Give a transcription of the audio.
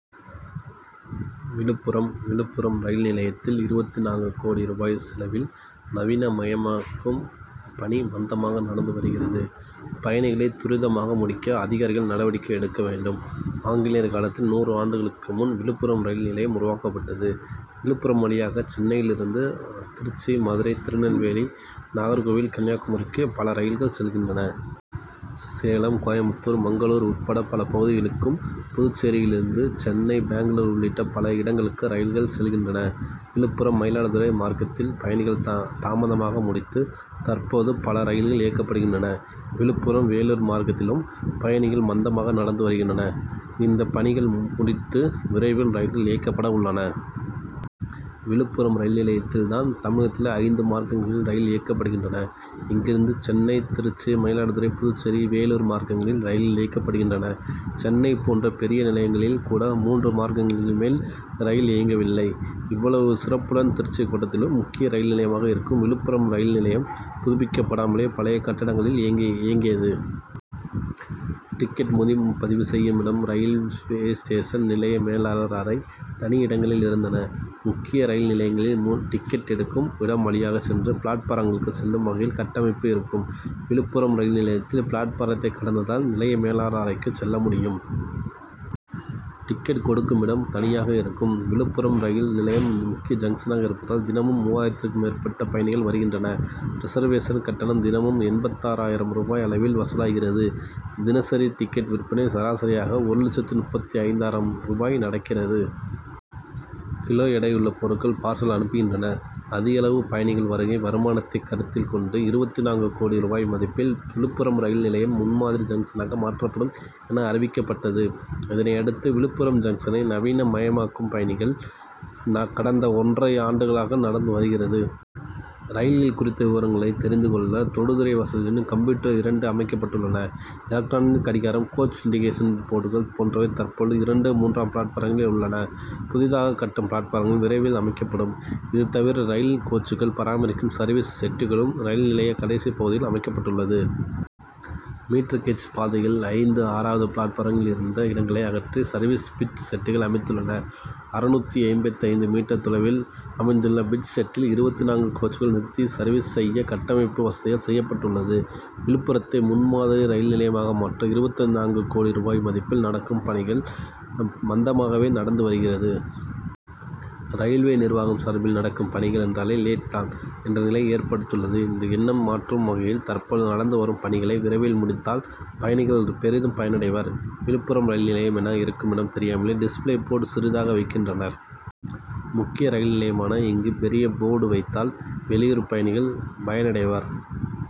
Villupuram Villupuram rail நிலையத்தில் இருபத்து நான்கு கோடி ரூபாய் செலவில் நவீன மயமாக்கும் பணி மந்தமாக நடந்து வருகிறது. பயணிகளை துரிதமாக முடிக்க அதிகாரிகள் நடவடிக்கை எடுக்க வேண்டும். ஆங்கிலேயர் காலத்தில் நூறு ஆண்டுகளுக்கு முன் விழுப்புரம் ரயில் நிலையம் உருவாக்கப்பட்டது. விழுப்புரம் வழியாக சென்னையிலிருந்து திருச்சி மதுரை திருநெல்வேலி நாகர் கோவில் கன்னியாகுமரிக்கு பல ரயில்கள் செல்கின்றன. சேலம் கோயம்புத்தூர் மங்களூர் உட்பட பல பகுதிகளுக்கும் புதுச்சேரியிலிருந்து சென்னை பெங்களூரு உட்பட பல இடங்களுக்கும் ரயில்கள் செல்கின்றன. விழுப்புரம் மயிலாடுதுறை மார்க்கத்தில் பணிகள் தாமதமாக முடித்து தற்போது பல ரயில்கள் இயக்கப்படுகின்றன. விழுப்புரம் வேலூர் மார்க்கத்திலும் பணிகள் மந்தமாக நடந்து வருகின்றன. இந்த பணிகள் முடித்து விரைவில் ரயில்கள் இயக்கப்பட உள்ளன. விழுப்புரம் ரயில் நிலையத்தில் தான் தமிழகத்திலே ஐந்து மார்க்கங்களில் ரயில்கள் இயக்கப்படுகின்றன. இங்கிருந்து சென்னை திருச்சி மயிலாடுதுறை புதுச்சேரி வேலூர் மார்க்கங்களில் ரயில் இயக்கப்படுகின்றன. சென்னை போன்ற பெரிய நிலையங்களில் கூட மூன்று மார்க்கங்களுக்கு மேல் ரயில் இயக்கவில்லை. இவ்வளவு சிறப்புடன் திருச்சி கோட்டத்திலும் முக்கிய நிலையமாக இருக்கும் விழுப்புரம் ரயில் நிலையம் புதுப்பிக்கபடாமலே பழைய கட்டடங்களில் இயங்கி இயங்கியது. டிக்கெட் முன்பதிவு செய்யுமிடம் ரயில்வே ஸ்டேஷன் நிலைய மேலாளர் அறை தனி இடங்களில் இருந்தன. முக்கிய ரயில் நிலையங்களின் டிக்கெட் எடுக்கும் இடம் வழியாக சென்று பிளாட்பாரங்களுக்கு செல்லும் வகையில் கட்டமைப்பு இருக்கும். விழுப்புரம் ரயில் நிலையத்தில் பிளாட்பாரத்தை கடந்து தான் நிலைய மேலாளர் அறைக்கு செல்ல முடியும். டிக்கெட் கொடுக்குமிடம் தனியாக இருக்கும். விழுப்புரம் ரயில் நிலையம் முக்கிய ஜங்ஷனாக இருப்பதால் தினமும் மூவாயிரத்திற்கும் மேற்பட்ட பயணிகள் வருகின்றனர். ரிசர்வேஷன் கட்டணம் தினமும் எண்பத்தாறு ஆயிரம் ரூபாய் அளவில் வசூலாகிறது. தினசரி டிக்கெட் விற்பனை சராசரியாக ஒரு லட்சத்து முப்பத்தைந்து ஆயிரம் ரூபாய் நடக்கிறது. கிலோ எடையுள்ள பொருட்கள் பார்சல் அனுப்புகின்றனர். அதிகளவு பயணிகள் வருகை வருமானத்தை கருத்தில் கொண்டு இருபத்து நான்கு கோடி ரூபாய் மதிப்பில் விழுப்புரம் ரயில் நிலையம் முன்மாதிரி ஜங்ஷனாக மாற்றப்படும் என அறிவிக்கப்பட்டது. இதநையடுத்து விழுப்புரம் ஜங்ஷனை நவீன மயமாக்கும் பணி கடந்த ஒன்னரை ஆண்டுகளாக நடந்து வருகிறது. ரயில்கள் குறித்த விவரங்களை தெரிந்து கொள்ள தொடுதிரை வசதியுடன் கம்ப்யூட்டர் இரண்டு அமைக்கப்பட்டுள்ளன. எலக்ட்ரானிக் கடிகாரம் கோச் இன்டிகேஷன் போர்டுகள் போன்றவை தற்போது இரண்டு மூன்றாம் பிளாட்பாரங்களில் உள்ளன. புதிதாக கட்டும் பிளாட்பாரங்களில் விரைவில் அமைக்கப்படும். இது தவிர ரயில் கோச்சுகள் பராமரிக்கும் சர்வீஸ் ஷெட்களும் ரயில் நிலைய கடைசி பகுதியில் அமைக்கப்பட்டுள்ளது. மீட்டர் கேஜ் பாதைகள் ஐந்து ஆறாவது பிளாட்பாரங்கள் இருந்த இடங்களை அகற்றி சர்வீஸ் பிட் ஷெட்கள் அமைத்துள்ளனர். அறுநூற்று எண்பத்தைந்து மீட்டர் தொலைவில் அமைத்துள்ள பிட் ஷெட்டில் இருபத்து நான்கு கோச்சுகள் நிறுத்தி சர்வீஸ் செய்ய கட்டமைப்பு வசதிகள் செய்யப்பட்டுள்ளது. விழுப்புரத்தை முன்மாதிரி ரயில் நிலையமாக மாற்ற இருபத்து நான்கு கோடி ரூபாய் மதிப்பில் நடக்கும் பணிகள் மந்தமாகவே நடந்து வருகிறது. ரயில்வே நிர்வாகம் சார்பில் நடக்கும் பணிகள் என்றாலே லேட் தான் என்ற நிலை ஏற்பட்டுள்ளது. இந்த எண்ணத்தை மாற்றும் வகையில் தற்போது நடந்து வரும் பணிகளை விரைவில் முடித்தால் பயணிகள் பெரிதும் பயனடைவர். விழுப்புரம் ரயில் நிலையம் என இருக்குமிடம் தெரியாமலே டிஸ்பிளே போர்டு சிறிதாக வைக்கின்றனர். முக்கிய ரயில் நிலையமான இங்கு பெரிய போர்டு வைத்தால் வெளியூர் பயணிகள் பயனடைவர்.